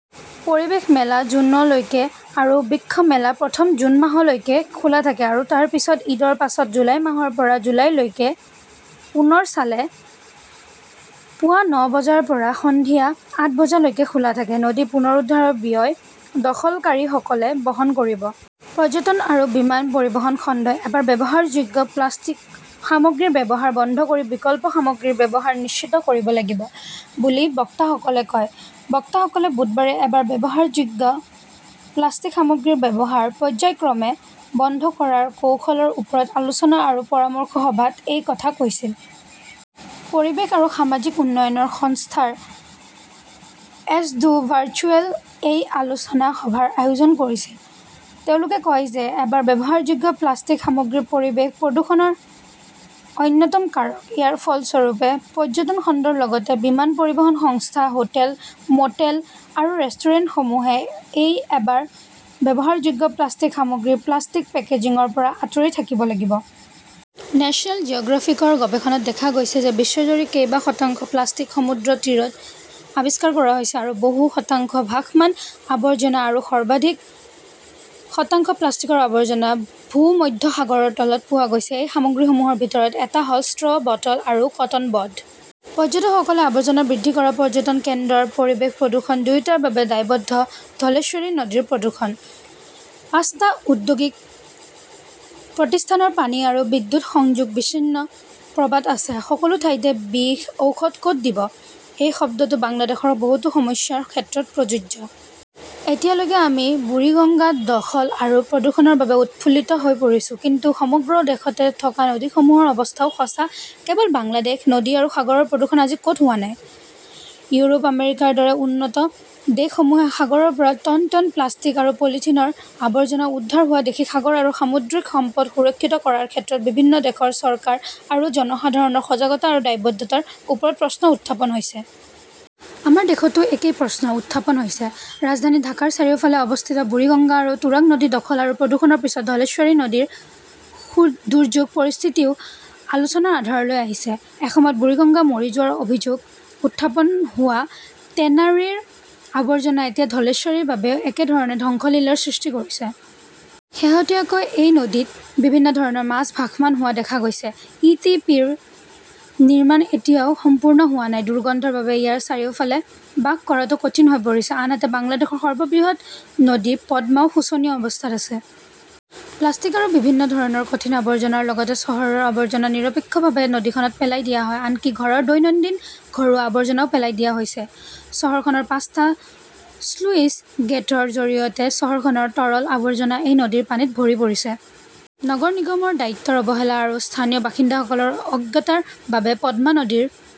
পৰিৱেশ মেলা জুনলৈকে আৰু বৃক্ষ মেলা প্ৰথমে জুন মাহলৈকে খোলা থাকে আৰু তাৰ পিছত ঈদৰ পাছত জুলাই মাহৰ পৰা জুলাইলৈকে পুনৰ চলে। পুৱা ন বজাৰ পৰা সন্ধিয়া আঠ বজালৈকে খোলা থাকে। নদী পুনৰুদ্ধাৰৰ ব্যয় দখলকাৰীসকলে বহন কৰিব। পৰ্যটন আৰু বিমান পৰিবহণ খণ্ডই এবাৰ ব্যৱহাৰযোগ্য প্লাষ্টিক সামগ্ৰীৰ ব্যৱহাৰ বন্ধ কৰি বিকল্প সামগ্ৰীৰ ব্যৱহাৰ নিশ্চিত কৰিব লাগিব বুলি বক্তাসকলে কয়। বক্তাসকলে বুধবাৰে এবাৰ ব্যৱহাৰযোগ্য প্লাষ্টিক সামগ্ৰীৰ ব্যৱহাৰ, পৰ্য্যায়ক্ৰমে বন্ধ কৰাৰ কৌশলৰ ওপৰত আলোচনা আৰু পৰামৰ্শ সভাত এই কথা কৈছিল। পৰিৱেশ আৰু সামাজিক উন্নয়ন সংস্থাৰ এছডো ভাৰ্চুৱেলে এই আলোচনা সভাৰ আয়োজন কৰিছিল। তেওঁলোকে কয় যে এবাৰ ব্যৱহাৰযোগ্য প্লাষ্টিক সামগ্ৰী পৰিৱেশ প্ৰদূষণৰ অন্যতম কাৰক। ইয়াৰ ফলস্বৰূপে পৰ্যটন খণ্ডৰ লগতে বিমান পৰিবহণ সংস্থা, হোটেল, মটেল আৰু ৰেষ্টুৰেণ্টসমূহে এই এবাৰ ব্যৱহাৰযোগ্য প্লাষ্টিক সামগ্ৰী, প্লাষ্টিক পেকেজিংৰ পৰা আঁতৰি থাকিব লাগিব। নেচনেল জিঅ'গ্ৰাফিকৰ গৱেষণাত দেখা গৈছে যে বিশ্বজুৰি কেইবা শতাংশ প্লাষ্টিক সমুদ্ৰতীৰত আৱিষ্কাৰ কৰা হৈছে, আৰু বহু শতাংশ ভাসমান আৱৰ্জনা আৰু সৰ্বাধিক শতাংশ প্লাষ্টিকৰ আৱৰ্জনা ভূমধ্যসাগৰৰ তলত পোৱা গৈছে। এই সামগ্ৰীসমূহৰ ভিতৰত এটা হ'ল ষ্ট্ৰ', বটল আৰু কটন বড। পৰ্যটকসকলে আৱৰ্জনা বৃদ্ধি আৰু পৰ্যটন কেন্দ্ৰৰ পৰিৱেশ প্ৰদূষণ দুয়োটাৰে বাবে দায়বদ্ধ। ধলেশ্বৰী নদীৰ প্ৰদূষণঃ পাঁচটা ঔদ্যোগিক প্ৰতিষ্ঠানৰ পানী আৰু বিদ্যুৎ সংযোগ বিচ্ছিন্ন প্রবাদ আছে, "সকলো ঠাইতে বিষ, ঔষধ ক'ত দিব? "এই শব্দটো বাংলাদেশৰ বহুতো সমস্যাৰ ক্ষেত্ৰত প্ৰযোজ্য। এতিয়ালৈকে আমি বুৰিগঙ্গা দখল আৰু প্ৰদূষণৰ বাবে উৎফুল্লিত হৈ পৰিছো। কিন্তু সমগ্ৰ দেশতে থকা নদীসমূহৰ অৱস্থাও সঁচা। কেৱল বাংলাদেশ, নদী আৰু সাগৰৰ প্ৰদূষণ আজি ক'ত হোৱা নাই? ইউৰোপ, আমেৰিকাৰ দৰে উন্নত দেশসমূহে সাগৰৰ পৰা টন টন প্লাষ্টিক আৰু পলিথিনৰ আৱৰ্জনা উদ্ধাৰ হোৱা দেখি সাগৰ আৰু সামুদ্ৰিক সম্পদ সুৰক্ষিত কৰাৰ ক্ষেত্ৰত বিভিন্ন দেশৰ চৰকাৰ আৰু জনসাধাৰণৰ সজাগতা আৰু দায়বদ্ধতাৰ ওপৰত প্ৰশ্ন উত্থাপন হৈছে। আমাৰ দেশতো একেই প্ৰশ্ন উত্থাপন হৈছে। ৰাজধানী ঢাকাৰ চাৰিওফালে অৱস্থিত বুৰিগঙ্গা আৰু তুৰাগ নদী দখল আৰু প্ৰদূষণৰ পিছত ধলেশ্বৰী নদীৰ দুৰ্যোগ পৰিস্থিতিও আলোচনাৰ আধাৰলৈ আহিছে। এসময়ত বুৰিগঙ্গা মৰি যোৱাৰ অভিযোগ উত্থাপন হোৱা টেনাৰীৰ আৱৰ্জনা এতিয়া ধলেশ্বৰীৰ বাবেও একেধৰণে ধ্বংসলীলাৰ সৃষ্টি কৰিছে। শেহতীয়াকৈ এই নদীত বিভিন্ন ধৰণৰ মাছ ভাসমান হোৱা দেখা গৈছে। ই. টি. পি. ৰ নিৰ্মাণ এতিয়াও সম্পূৰ্ণ হোৱা নাই, দুৰ্গন্ধৰ বাবে ইয়াৰ চাৰিওফালে বাস কৰাটো কঠিন হৈ পৰিছে। আনহাতে, বাংলাদেশৰ সৰ্ববৃহৎ নদী পদ্মাও শোচনীয় অৱস্থাত আছে। প্লাষ্টিক আৰু বিভিন্ন ধৰণৰ কঠিন আৱৰ্জনাৰ লগতে চহৰৰ আৱৰ্জনা নিৰপেক্ষভাৱে নদীখনত পেলাই দিয়া হয়। আনকি ঘৰৰ দৈনন্দিন ঘৰুৱা আৱৰ্জনাও পেলাই দিয়া হৈছে। চহৰখনৰ পাঁচটা শ্লুইচ গেটৰ জৰিয়তে চহৰখনৰ তৰল আৱৰ্জনা এই নদীৰ পানীত ভৰি পৰিছে। নগৰ নিগমৰ দায়িত্বৰ অৱহেলা আৰু স্থানীয় বাসিন্দাসকলৰ অজ্ঞতাৰ বাবে পদ্মা নদীৰ